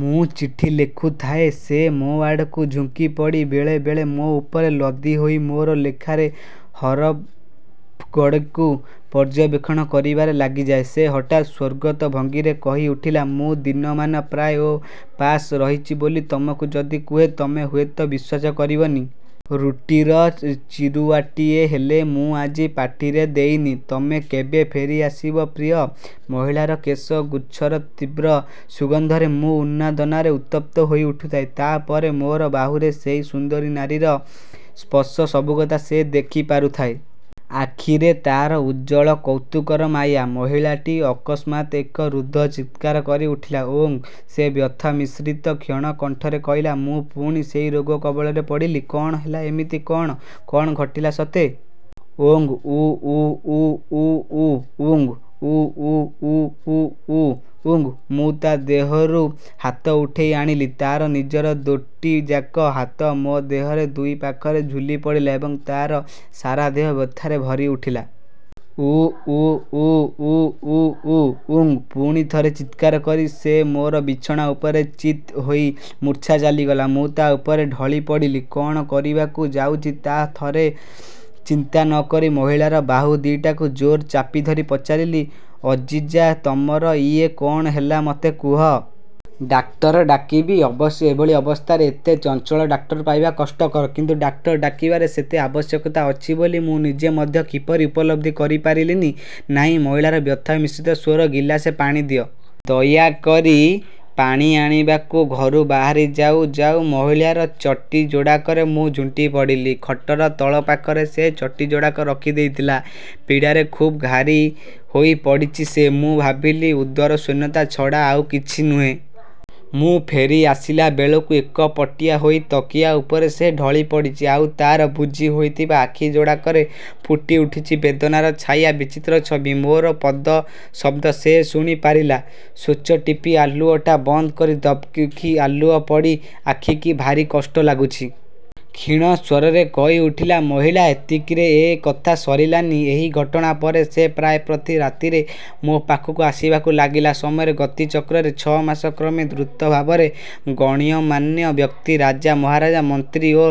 ମୁଁ ଚିଠି ଲେଖୁଥାଏ। ସେ ମୋଆଡ଼କୁ ଝୁଙ୍କି ପଡ଼ି ବେଳେ ବେଳେ ମୋ ଉପରେ ଲଦି ହେଇ ମୋର ଲେଖାର ହରପ୍ଗୁଡ଼ିକୁ ପର୍ଯ୍ୟବେକ୍ଷଣ କରିବାରେ ଲାଗିଯାଏ। ସେ ହଠାତ୍ ସ୍ୱର୍ଗତ ଭଙ୍ଗୀରେ କହି ଉଠିଲା, "ମୁଁ ଦିନମାନ ପ୍ରାୟ ଓପାସ ରହିଛି ବୋଲି ତମକୁ ଯଦି କୁହେ, ତମେ ହୁଏ ତ ବିଶ୍ୱାସ କରିବନି। ରୁଟିର ଚିରୁଆଟିଏ ହେଲେ ମୁଁ ଆଜି ପାଟିରେ ଦେଇନି। ତମେ କେବେ ଫେରି ଆସିବ ପ୍ରିୟ! " ମହିଳାର କେଶ ଗୁଚ୍ଛର ତୀବ୍ର ସୁଗନ୍ଧରେ ମୁଁ ଉନ୍ମାଦନାରେ ଉତ୍ତପ୍ତ ହୋଇ ଉଠୁଥାଏ। ତା ପରେ ମୋର ବାହୁରେ ସେହି ସୁନ୍ଦରୀ ନାରୀର ସ୍ପର୍ଶ। ସବୁକଥା ସେ ଦେଖି ପାରୁଥାଏ। ଆଖିରେ ତାର ଉଜ୍ଜ୍ୱଳ କୌତୁକର ମାୟା। ମହିଳାଟି ଅକସ୍ମାତ୍ ଏକ ରୁଦ୍ଧ ଚିତ୍କାର କରି ଉଠିଲା। "ଓଃ। " ସେ ବ୍ୟଥା ମିଶ୍ରିତ କ୍ଷୀଣ କଣ୍ଠରେ କହିଲା, "ମୁଁ ପୁଣି ସେଇ ରୋଗ କବଳରେ ପଡ଼ିଲି। " "କଣ ହେଲା ଏମିତି–କଣ, କଣ ଘଟିଲା ସତେ? " "ଓଃ... ଉ ଉ ଉ ଉ ଉ ଉ ଉଃ... ଉ ଉ ଉ ଉ ଉ ଉ ଉଃ! " ମୁଁ ତା' ଦେହରୁ ହାତ ଉଠେଇ ଆଣିଲି। ତାର ନିଜର ଦୋଟିଯାକ ହାତ ମୋ ଦେହର ଦୁଇ ପାଖରେ ଝୁଲି ପଡ଼ିଲା ଏବଂ ତାର ସାରା ଦେହ ବ୍ୟଥାରେ ଭରି ଉଠିଲା। "ଉ ଉ ଉ ଉ ଉ ଉ ଉଃ। " ପୁଣି ଥରେ ଚିତ୍କାର କରି ସେ ମୋର ବିଛଣା ଉପରେ ଚିତ୍ ହେଇ ମୂର୍ଚ୍ଛା ଚାଲିଗଲା। ମୁଁ ତା' ଉପରେ ଢଳି ପଡ଼ିଲି। କଣ କରିବାକୁ ଯାଉଛି ତାହା ଥରେ ଚିନ୍ତା ନ କରି ମହିଳାର ବାହୁ ଦିଟାକୁ ଜୋର ଚାପିଧରି ପଚାରିଲି, "ଅଜିଜା, ତମର ଇଏ କଣ ହେଲା ମତେ କୁହ.. ଡାକ୍ତର ଡାକିବି? " ଅବଶ୍ୟ ଏଭଳି ଅବସ୍ଥାରେ ଏତେ ଚଞ୍ଚଳ ଡାକ୍ତର ପାଇବା କଷ୍ଟକର। କିନ୍ତୁ ଡାକ୍ତର ଡାକିବାର ସେତେ ଆବଶ୍ୟକତା ଅଛି ବୋଲି ମୁଁ ନିଜେ ମଧ୍ୟ କିପରି ଉପଲବ୍ଧି କରି ପାରିଲି ନି। "ନାଇଁ! " ମହିଳାର ବ୍ୟଥା ମିଶ୍ରିତ ସ୍ଵର। ଗିଲାସେ ପାଣି ଦିଅ... ଦୟାକରି। " ପାଣି ଆଣିବାକୁ ଘରୁ ବାହାରି ଯାଉ ଯାଉ ମହିଳାର ଚଟି ଯୋଡ଼ାକରେ ମୁଁ ଝୁଣ୍ଟି ପଡ଼ିଲି-। ଖଟର ତଳ ପାଖରେ ସେ ଚଟିଯୋଡ଼ାକ ରଖି ଦେଇଥିଲା। ପୀଡ଼ାରେ ଖୁବ ଘାରି ହୋଇ ପଡ଼ିଚି ସେ। ମୁଁ ଭାବିଲି ଉଦରଶୂନ୍ୟତା ଛଡ଼ା ଆଉ କିଛି ନୁହେଁ। ମୁଁ ଫେରି ଆସିଲାବେଳକୁ ଏକପଟିଆ ହୋଇ ତକିଆ ଉପରେ ସେ ଢଳି ପଡ଼ିଛି, ଆଉ ତାର ବୁଜି ହୋଇଥିବା ଆଖି ଯୋଡ଼ାକରେ ଫୁଟି ଉଠିଛି ବେଦନାର ଛାୟା-ବିଚିତ୍ର ଛବି। ମୋର ପଦଶବ୍ଦ ସେ ଶୁଣି ପାରିଲା। "ସ୍ୱିଚ୍ ଟିପି ଆଲୁଅଟା ବନ୍ଦ କରି ଦବକି! ଆଲୁଅ ପଡ଼ି ଆଖିକି ଭାରି କଷ୍ଟ ଲାଗୁଛି। "କ୍ଷୀଣ ସ୍ଵରରେ କହି ଉଠିଲା ମହିଳା। ଏତିକିରେ ଏ କଥା ସରିଲାନି। ଏହି ଘଟଣା ପରେ ସେ ପ୍ରାୟ ପ୍ରତି ରାତିରେ ମୋ ପାଖକୁ ଆସିବାକୁ ଲାଗିଲା ସମୟର ଗତିଚକ୍ରରେ ଛ' ମାସ କ୍ରମେ ଦ୍ରୁତ ଭାବରେ। ଗଣ୍ୟମାନ୍ୟ ବ୍ୟକ୍ତି, ରାଜା ମହାରାଜା, ମନ୍ତ୍ରୀ ଓ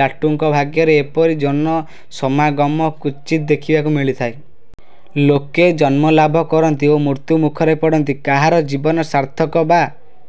ଲାଟ୍ଙ୍କ ଭାଗ୍ୟରେ ଏପରି ଜନସମାଗମ କ୍ୱଚିତ୍ ଦେଖିବାକୁ ମିଳିଥାଏ। ଲୋକେ ଜନ୍ମଲାଭ କରନ୍ତି ଓ ମୃତ୍ୟୁମୁଖରେ ପଡ଼ନ୍ତି। କାହାର ଜୀବନ ସାର୍ଥକ ବା